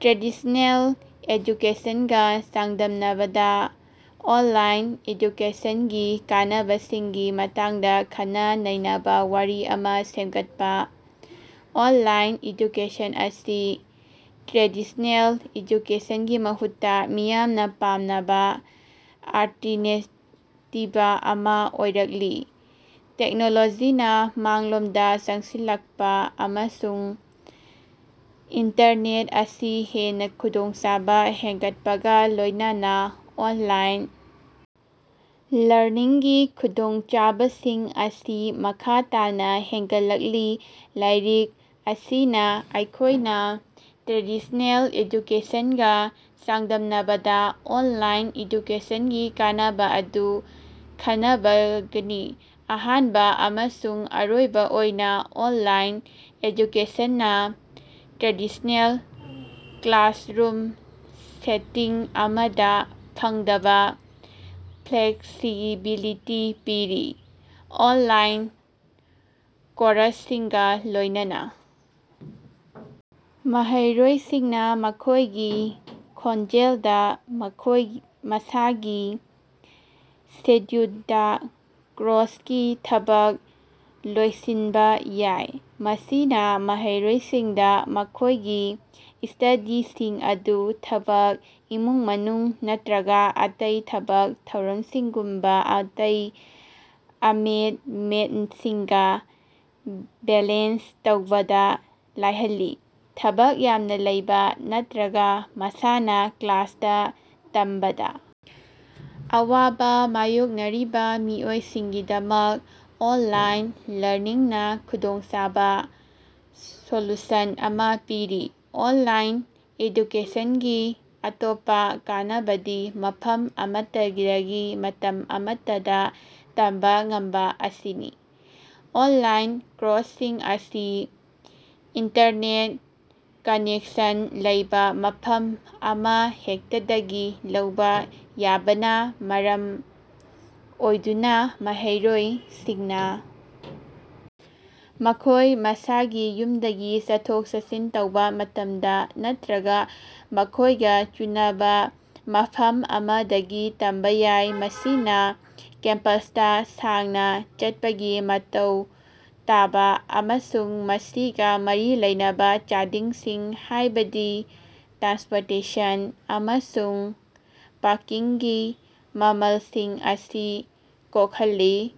Traditional ꯑꯦꯖꯨꯀꯦꯁꯟꯒ ꯆꯥꯡꯗꯝꯅꯕꯗ online ꯑꯦꯖꯨꯀꯦꯁꯟꯒꯤ ꯀꯥꯟꯅꯕꯁꯤꯡꯒꯤ ꯃꯇꯥꯡꯗ ꯈꯟꯅ-ꯅꯩꯅꯕꯥ ꯋꯥꯔꯤ ꯑꯃ ꯁꯦꯝꯒꯠꯄꯥ꯫ ꯑꯣꯟꯂꯥꯏꯟ ꯑꯦꯖꯨꯀꯦꯁꯟ ꯑꯁꯤ ꯇ꯭ꯔꯦꯗꯤꯁꯅꯦꯜ ꯑꯦꯖꯨꯀꯦꯁꯟꯒꯤ ꯃꯍꯨꯠꯇ ꯃꯤꯌꯥꯝꯅ ꯄꯥꯝꯅꯕ ꯑꯜꯇꯔꯅꯦꯇꯤꯕ ꯑꯃ ꯑꯣꯏꯔꯛꯂꯤ꯫ ꯇꯦꯛꯅꯣꯂꯣꯖꯤꯅ ꯃꯥꯡꯂꯣꯝꯗ ꯆꯪꯁꯤꯜꯂꯛꯄꯥ ꯑꯃꯁꯨꯡ ꯏꯟꯇꯔꯅꯦꯠ ꯑꯁꯤ ꯍꯦꯟꯅ ꯈꯨꯗꯣꯡꯆꯥꯕ ꯍꯦꯟꯒꯠꯂꯛꯄꯒꯥ ꯂꯣꯏꯅꯅ ꯑꯣꯟꯂꯥꯏꯟ ꯂꯔꯅꯤꯡꯒꯤ ꯈꯨꯗꯣꯡꯆꯥꯕꯁꯤꯡ ꯑꯁꯤ ꯃꯈꯥ ꯇꯥꯅꯥ ꯍꯦꯟꯒꯠꯂꯛꯂꯤ꯫ ꯂꯥꯏꯔꯤꯛ ꯑꯁꯤꯗ ꯑꯩꯈꯣꯏꯅ ꯇ꯭ꯔꯦꯗꯤꯁꯅꯦꯜ ꯑꯦꯖꯨꯀꯦꯁꯟꯒꯥ ꯆꯥꯡꯗꯝꯅꯕꯗ ꯑꯣꯟꯂꯥꯏꯟ ꯑꯦꯖꯨꯀꯦꯁꯟꯒꯤ ꯀꯥꯟꯅꯕ ꯑꯗꯨ ꯈꯟꯅꯒꯅꯤ꯫ ꯑꯍꯥꯟꯕ ꯑꯃꯁꯨꯡ ꯑꯔꯣꯏꯕ ꯑꯣꯏꯅ, ꯑꯣꯟꯂꯥꯏꯟ ꯑꯦꯖꯨꯀꯦꯁꯟꯅꯥ ꯇ꯭ꯔꯦꯗꯤꯁꯅꯦꯜ ꯀ꯭ꯂꯥꯁꯔꯨꯝ ꯁꯦꯇꯤꯡ ꯑꯃꯗ ꯐꯪꯗꯕ ꯐ꯭ꯂꯦꯛꯁꯤꯕꯤꯂꯤꯇꯤ ꯄꯤꯔꯤ꯫ ꯑꯣꯟꯂꯥꯏꯟ ꯀꯣꯔꯁꯁꯤꯡꯒ ꯂꯣꯏꯅꯅ ꯃꯍꯩꯔꯣꯏꯁꯤꯡꯅꯥ ꯃꯈꯣꯏꯒꯤ ꯈꯣꯡꯖꯦꯜꯗꯥ, ꯃꯈꯣꯏ ꯃꯁꯥꯒꯤ ꯁꯦꯗ꯭ꯌꯨꯜꯗꯥ ꯀꯣꯔꯁꯀꯤ ꯊꯕꯛ ꯂꯣꯏꯁꯤꯟꯕ ꯌꯥꯏ꯫ ꯃꯁꯤꯅꯥ ꯃꯍꯩꯔꯣꯏꯁꯤꯡꯗꯥ ꯃꯈꯣꯏꯒꯤ ꯁ꯭ꯇꯗꯤꯁꯤꯡ ꯑꯗꯨ ꯊꯕꯛ, ꯏꯃꯨꯡ-ꯃꯅꯨꯡ ꯅꯠꯇ꯭ꯔꯒꯥ ꯑꯇꯩ ꯊꯕꯛ ꯊꯧꯔꯝꯁꯤꯡꯒꯨꯝꯕꯥ ꯑꯇꯩ ꯀꯃꯤꯠꯃꯦꯟꯁꯤꯡꯒꯥ ꯕꯦꯂꯦꯟꯁ ꯇꯧꯕꯗꯥ ꯂꯥꯏꯍꯜꯂꯤ꯫ ꯊꯕꯛ ꯌꯥꯝꯅꯥ ꯂꯩꯕꯥ ꯅꯠꯇ꯭ꯔꯒꯥ ꯃꯁꯥꯅꯥ ꯀ꯭ꯂꯥꯁꯇꯥ ꯇꯝꯕꯗꯥ ꯑꯋꯥꯕꯥ ꯃꯥꯌꯣꯛꯅꯔꯤꯕꯥ ꯃꯤꯑꯣꯏꯁꯤꯡꯒꯤꯗꯃꯛ ꯑꯣꯟꯂꯥꯏꯟ ꯂꯔꯅꯤꯡꯅꯥ ꯈꯨꯗꯣꯡꯆꯥꯕ ꯁꯣꯂꯨꯁꯟ ꯑꯃ ꯄꯤꯔꯤ꯫ ꯑꯣꯟꯂꯥꯏꯟ ꯑꯦꯖꯨꯀꯦꯁꯟꯒꯤ ꯑꯇꯣꯞꯄꯥ ꯀꯥꯟꯅꯕꯗꯤ ꯃꯐꯝ ꯑꯃꯠꯇꯗꯒꯤ, ꯃꯇꯝ ꯑꯃꯠꯇꯗꯥ ꯇꯝꯕꯥ ꯉꯝꯕꯥ ꯑꯁꯤꯅꯤ꯫ ꯑꯣꯟꯂꯥꯏꯟ ꯀꯣꯔꯁꯁꯤꯡ ꯑꯁꯤ ꯏꯟꯇꯔꯅꯦꯠ ꯀꯅꯦꯛꯁꯟ ꯂꯩꯕꯥ ꯃꯐꯝ ꯑꯃꯍꯦꯛꯇꯗꯒꯤ ꯂꯧꯕꯥ ꯌꯥꯕꯅꯥ ꯃꯔꯝ ꯑꯣꯏꯗꯨꯅꯥ ꯃꯍꯩꯔꯣꯏꯁꯤꯡꯅꯥ ꯃꯈꯣꯏ ꯃꯁꯥꯒꯤ ꯌꯨꯝꯗꯒꯤ, ꯆꯠꯊꯣꯛ-ꯆꯠꯁꯤꯟ ꯇꯧꯕꯥ ꯃꯇꯝꯗ ꯅꯠꯇ꯭ꯔꯒꯥ ꯃꯈꯣꯏꯒꯥ ꯆꯨꯅꯕꯥ ꯃꯐꯝ ꯑꯃꯗꯒꯤ ꯇꯝꯕꯥ ꯌꯥꯏ꯫ ꯃꯁꯤꯅꯥ ꯀꯦꯝꯄꯁꯇꯥ ꯁꯥꯡꯅꯥ ꯆꯠꯄꯒꯤ ꯃꯊꯧ ꯇꯥꯕꯥ ꯑꯃꯁꯨꯡ ꯃꯁꯤꯒꯥ ꯃꯔꯤ ꯂꯩꯅꯕꯥ ꯆꯥꯗꯤꯡꯁꯤꯡ, ꯍꯥꯏꯕꯗꯤ ꯇ꯭ꯔꯥꯟꯁꯄꯣꯔꯇꯦꯁꯟ ꯑꯃꯁꯨꯡ ꯄꯥꯔꯀꯤꯡꯒꯤ ꯃꯃꯜꯁꯤꯡ ꯑꯁꯤ ꯀꯣꯛꯍꯜꯂꯤ꯫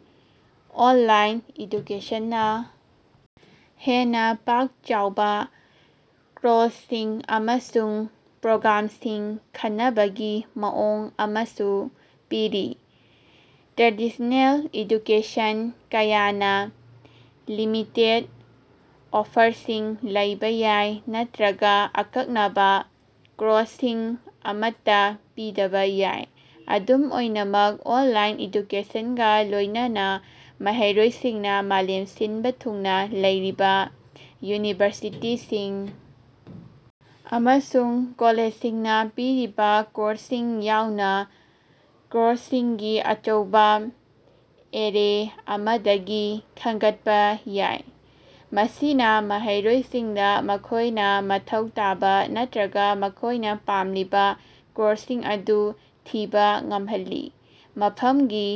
ꯑꯣꯟꯂꯥꯏꯟ ꯑꯦꯖꯨꯀꯦꯁꯟꯅꯥ ꯍꯦꯟꯅꯥ ꯄꯥꯛ-ꯆꯥꯎꯕꯥ ꯀꯣꯔꯁꯁꯤꯡ ꯑꯃꯁꯨꯡ ꯄ꯭ꯔꯣꯒ꯭ꯔꯥꯝꯁꯤꯡ ꯈꯟꯅꯕꯒꯤ ꯃꯑꯣꯡ ꯑꯃꯁꯨ ꯄꯤꯔꯤ꯫ ꯇ꯭ꯔꯦꯗꯤꯁꯅꯦꯜ ꯑꯦꯗꯨꯀꯦꯁꯟ ꯀꯌꯥꯅ ꯂꯤꯃꯤꯇꯦꯠ ꯑꯣꯐꯔꯁꯤꯡ ꯂꯩꯕꯥ ꯌꯥꯏ ꯅꯠꯇ꯭ꯔꯒꯥ ꯑꯀꯛꯅꯕꯥ ꯀꯣꯔꯁꯁꯤꯡ ꯑꯃꯠꯇꯥ ꯄꯤꯗꯕꯥ ꯌꯥꯏ꯫ ꯑꯗꯨꯝ ꯑꯣꯏꯅꯃꯛ, ꯑꯣꯟꯂꯥꯏꯟ ꯑꯦꯗꯨꯀꯦꯁꯟꯒ ꯂꯣꯏꯅꯅ ꯃꯍꯩꯔꯣꯏꯁꯤꯡꯅꯥ ꯃꯥꯂꯦꯝ ꯁꯤꯟꯕ ꯊꯨꯡꯅꯥ ꯂꯩꯔꯤꯕ ꯌꯨꯅꯤꯚꯔꯁꯤꯇꯤꯁꯤꯡ ꯑꯃꯁꯨꯡ ꯀꯣꯂꯦꯖꯁꯤꯡꯅꯥ ꯄꯤꯔꯤꯕꯥ ꯀꯣꯔꯁꯁꯤꯡ ꯌꯥꯎꯅ ꯀꯣꯔꯁꯁꯤꯡꯒꯤ ꯑꯆꯧꯕꯥ ꯑꯦꯔꯦ ꯑꯃꯗꯒꯤ ꯈꯟꯒꯠꯄꯥ ꯌꯥꯏ꯫ ꯃꯁꯤꯅꯥ ꯃꯍꯩꯔꯣꯏꯁꯤꯡꯗꯥ ꯃꯈꯣꯏꯅꯥ ꯃꯊꯧ ꯇꯥꯕꯥ ꯅꯠꯇ꯭ꯔꯒꯥ ꯃꯈꯣꯏꯅꯥ ꯄꯥꯝꯂꯤꯕꯥ ꯀꯣꯔꯁꯁꯤꯡ ꯑꯗꯨ ꯊꯤꯕꯥ ꯉꯝꯍꯜꯂꯤ, ꯃꯐꯝꯒꯤ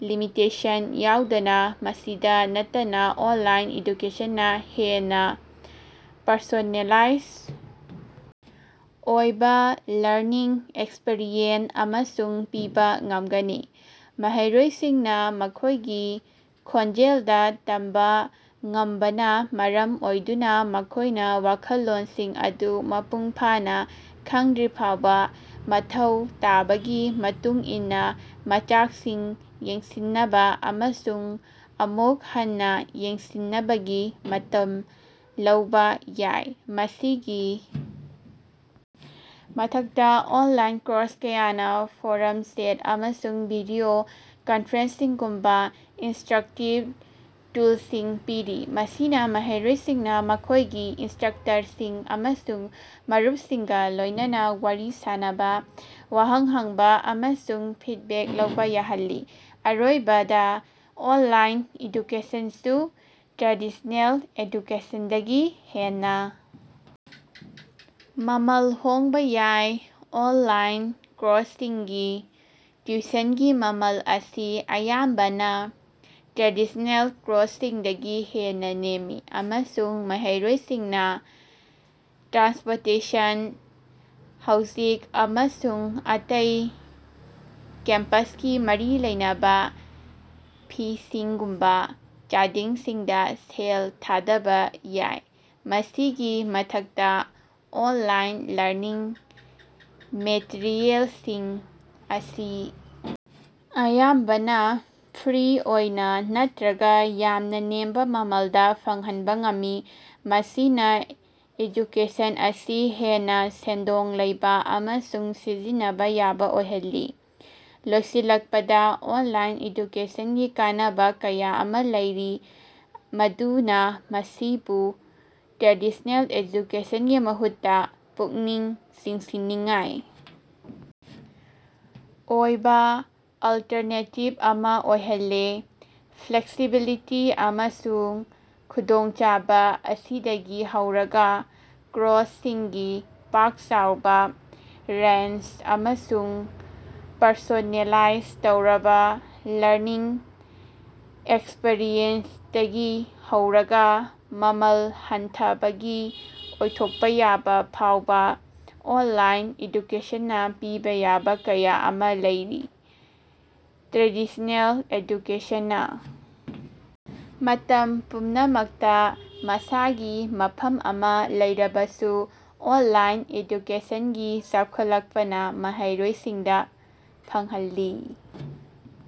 ꯂꯤꯃꯤꯇꯦꯁꯟ ꯌꯥꯎꯗꯅ ꯫ ꯃꯁꯤꯗꯥ ꯅꯠꯇꯅꯥ ꯑꯣꯟꯂꯥꯏꯟ ꯑꯦꯗꯨꯀꯦꯁꯟꯅꯥ ꯍꯦꯟꯅꯥ ꯄꯔꯁꯣꯅꯦꯂꯥꯏꯖ ꯑꯣꯏꯕꯥ ꯂꯔꯅꯤꯡ ꯑꯦꯛꯁꯄꯤꯔꯤꯑꯦꯟꯁ ꯑꯃꯁꯨ ꯄꯤꯕꯥ ꯉꯝꯒꯅꯤ꯫ ꯃꯍꯩꯔꯣꯏꯁꯤꯡꯅꯥ ꯃꯈꯣꯏꯒꯤ ꯈꯣꯡꯖꯦꯜꯗꯥ ꯇꯝꯕꯥ ꯉꯝꯕꯅꯥ ꯃꯔꯝ ꯑꯣꯏꯗꯨꯅꯥ ꯃꯈꯣꯏꯅꯥ ꯋꯥꯈꯜꯂꯣꯟꯁꯤꯡ ꯑꯗꯨ ꯃꯄꯨꯡ ꯐꯥꯅꯥ ꯈꯪꯗ꯭ꯔꯤꯐꯥꯎꯕꯥ ꯃꯊꯧ ꯇꯥꯕꯒꯤ ꯃꯇꯨꯡ ꯏꯟꯅꯥ ꯃꯆꯥꯛꯁꯤꯡ ꯌꯦꯡꯁꯤꯟꯅꯕꯥ ꯑꯃꯁꯨꯡ ꯑꯃꯨꯛ ꯍꯟꯅꯥ ꯌꯦꯡꯁꯤꯟꯅꯕꯒꯤ ꯃꯇꯝ ꯂꯧꯕꯥ ꯌꯥꯏ꯫ ꯃꯁꯤꯒꯤ ꯃꯊꯛꯇꯥ, ꯑꯣꯟꯂꯥꯏꯟ ꯀꯣꯔꯁ ꯀꯌꯥꯅꯥ ꯐꯣꯔꯝ, ꯆꯦꯠ, ꯑꯃꯁꯨꯡ ꯚꯤꯗꯤꯑꯣ ꯀꯟꯐꯔꯦꯟꯁꯤꯡꯒꯨꯝꯕꯥ ꯏꯟꯇꯔꯦꯛꯇꯤꯞ ꯇꯨꯜꯁꯤꯡ ꯄꯤꯔꯤ, ꯃꯁꯤꯅꯥ ꯃꯍꯩꯔꯣꯏꯁꯤꯡꯅꯥ ꯃꯈꯣꯏꯒꯤ ꯏꯟꯁꯇ꯭ꯔꯛꯇꯔꯁꯤꯡ ꯑꯃꯁꯨꯡ ꯃꯔꯨꯞꯁꯤꯡꯒꯥ ꯂꯣꯏꯅꯅ ꯋꯥꯔꯤ ꯁꯥꯅꯕꯥ, ꯋꯥꯍꯪ ꯍꯪꯕꯥ ꯑꯃꯁꯨꯡ ꯐꯤꯠꯕꯦꯛ ꯂꯧꯕꯥ ꯌꯥꯍꯜꯂꯤ꯫ ꯑꯔꯣꯏꯕꯗꯥ, ꯑꯣꯟꯂꯥꯏꯟ ꯑꯦꯖꯨꯀꯦꯁꯟꯁꯨ ꯇ꯭ꯔꯦꯗꯤꯁꯅꯦꯜ ꯑꯦꯖꯨꯀꯦꯁꯟꯗꯒꯤ ꯍꯦꯟꯅꯥ ꯃꯃꯜ ꯍꯣꯡꯕꯥ ꯌꯥꯏ꯫ ꯑꯣꯟꯂꯥꯏꯟ ꯀꯣꯔꯁꯁꯤꯡꯒꯤ ꯇꯤꯎꯁꯟꯒꯤ ꯃꯃꯜ ꯑꯁꯤ ꯑꯌꯥꯝꯕꯅꯥ ꯇ꯭ꯔꯦꯗꯤꯁꯅꯦꯜ ꯀꯣꯔꯁꯁꯤꯡꯗꯒꯤ ꯍꯦꯟꯅꯥ ꯅꯦꯝꯃꯤ, ꯑꯃꯁꯨꯡ ꯃꯍꯩꯔꯣꯏꯁꯤꯡꯅꯥ ꯇ꯭ꯔꯥꯟꯁꯄꯣꯔꯇꯦꯁꯟ, ꯍꯥꯎꯖꯤꯡ, ꯑꯃꯁꯨꯡ ꯑꯇꯩ ꯀꯦꯝꯄꯁꯀꯥ ꯃꯔꯤ ꯂꯩꯅꯕꯥ ꯐꯤꯁꯤꯡꯒꯨꯝꯕꯥ ꯆꯥꯗꯤꯡꯁꯤꯡꯗꯥ ꯁꯦꯜ ꯊꯥꯗꯕꯥ ꯌꯥꯏ꯫ ꯃꯁꯤꯒꯤ ꯃꯊꯛꯇꯥ, ꯑꯣꯟꯂꯥꯏꯟ ꯂꯔꯅꯤꯡ ꯃꯦꯇꯔꯤꯑꯦꯜꯁꯤꯡ ꯑꯁꯤ ꯑꯌꯥꯝꯕꯅꯥ ꯐ꯭ꯔꯤ ꯑꯣꯏꯅꯥ ꯅꯠꯇꯔꯒꯥ ꯌꯥꯝꯅꯥ ꯅꯦꯝꯕ ꯃꯃꯜꯗꯥ ꯐꯪꯍꯟꯕ ꯉꯝꯃꯤ, ꯃꯁꯤꯅ ꯑꯦꯖꯨꯀꯦꯁꯟ ꯑꯁꯤ ꯍꯦꯟꯅꯥ ꯁꯦꯟꯗꯣꯡ ꯂꯩꯕꯥ ꯑꯃꯁꯨꯡ ꯁꯤꯖꯤꯟꯅꯕꯥ ꯌꯥꯕꯥ ꯑꯣꯏꯍꯜꯂꯤ꯫ ꯂꯣꯏꯁꯤꯜꯂꯛꯄꯗꯥ, ꯑꯣꯟꯂꯥꯏꯟ ꯑꯦꯖꯨꯀꯦꯁꯟꯒꯤ ꯀꯥꯟꯅꯕ ꯀꯌꯥ ꯑꯃ ꯂꯩꯔꯤ ꯃꯗꯨꯅꯥ ꯃꯁꯤꯕꯨ ꯇ꯭ꯔꯦꯗꯤꯁ꯭ꯅꯦꯜ ꯑꯦꯖꯨꯀꯦꯁꯟꯒꯤ ꯃꯍꯨꯠꯇꯥ ꯄꯨꯛꯅꯤꯡ ꯆꯤꯡꯁꯤꯟꯅꯤꯡꯉꯥꯏ ꯑꯣꯏꯕꯥ ꯑꯜꯇꯔꯅꯦꯇꯤꯞ ꯑꯃ ꯑꯣꯏꯍꯜꯂꯤ꯫ ꯐ꯭ꯂꯦꯛꯁꯤꯕꯤꯂꯤꯇꯤ ꯑꯃꯁꯨꯡ ꯈꯨꯗꯣꯡꯆꯥꯕꯥ ꯑꯁꯤꯗꯒꯤ ꯍꯧꯔꯒꯥ ꯀꯣꯔꯁꯁꯤꯡꯒꯤ ꯄꯥꯛ ꯆꯥꯎꯔꯕꯥ ꯔꯦꯟꯖ ꯑꯃꯁꯨꯡ ꯄꯔꯁꯣꯅꯦꯂꯥꯏꯖ ꯇꯧꯔꯕꯥ ꯂꯔꯅꯤꯡ ꯑꯦꯛꯁꯄꯤꯔꯤꯌꯦꯟꯁꯇꯒꯤ ꯍꯧꯔꯒꯥ, ꯃꯃꯜ ꯍꯟꯊꯕꯒꯤ ꯑꯣꯏꯊꯣꯛꯄ ꯌꯥꯕꯥ ꯐꯥꯎꯕꯥ, ꯑꯣꯟꯂꯥꯏꯟ ꯑꯦꯖꯨꯀꯦꯁꯟꯅꯥ ꯄꯤꯕꯥ ꯌꯥꯕꯥ ꯀꯌꯥ ꯑꯃ ꯂꯩꯔꯤ꯫ ꯇ꯭ꯔꯦꯗꯤꯁꯅꯦꯜ ꯑꯦꯖꯨꯀꯦꯁꯟꯅꯥ ꯃꯇꯝ ꯄꯨꯝꯅꯃꯛꯇꯥ ꯃꯁꯥꯒꯤ ꯃꯐꯝ ꯑꯃꯥ ꯂꯩꯔꯕꯁꯨ, ꯑꯣꯟꯂꯥꯏꯟ ꯑꯦꯖꯨꯀꯦꯁꯟꯒꯤ ꯆꯥꯎꯈꯠꯂꯛꯄꯅ ꯃꯍꯩꯔꯣꯏꯁꯤꯡꯗ ꯐꯪꯍꯜꯂꯤ꯫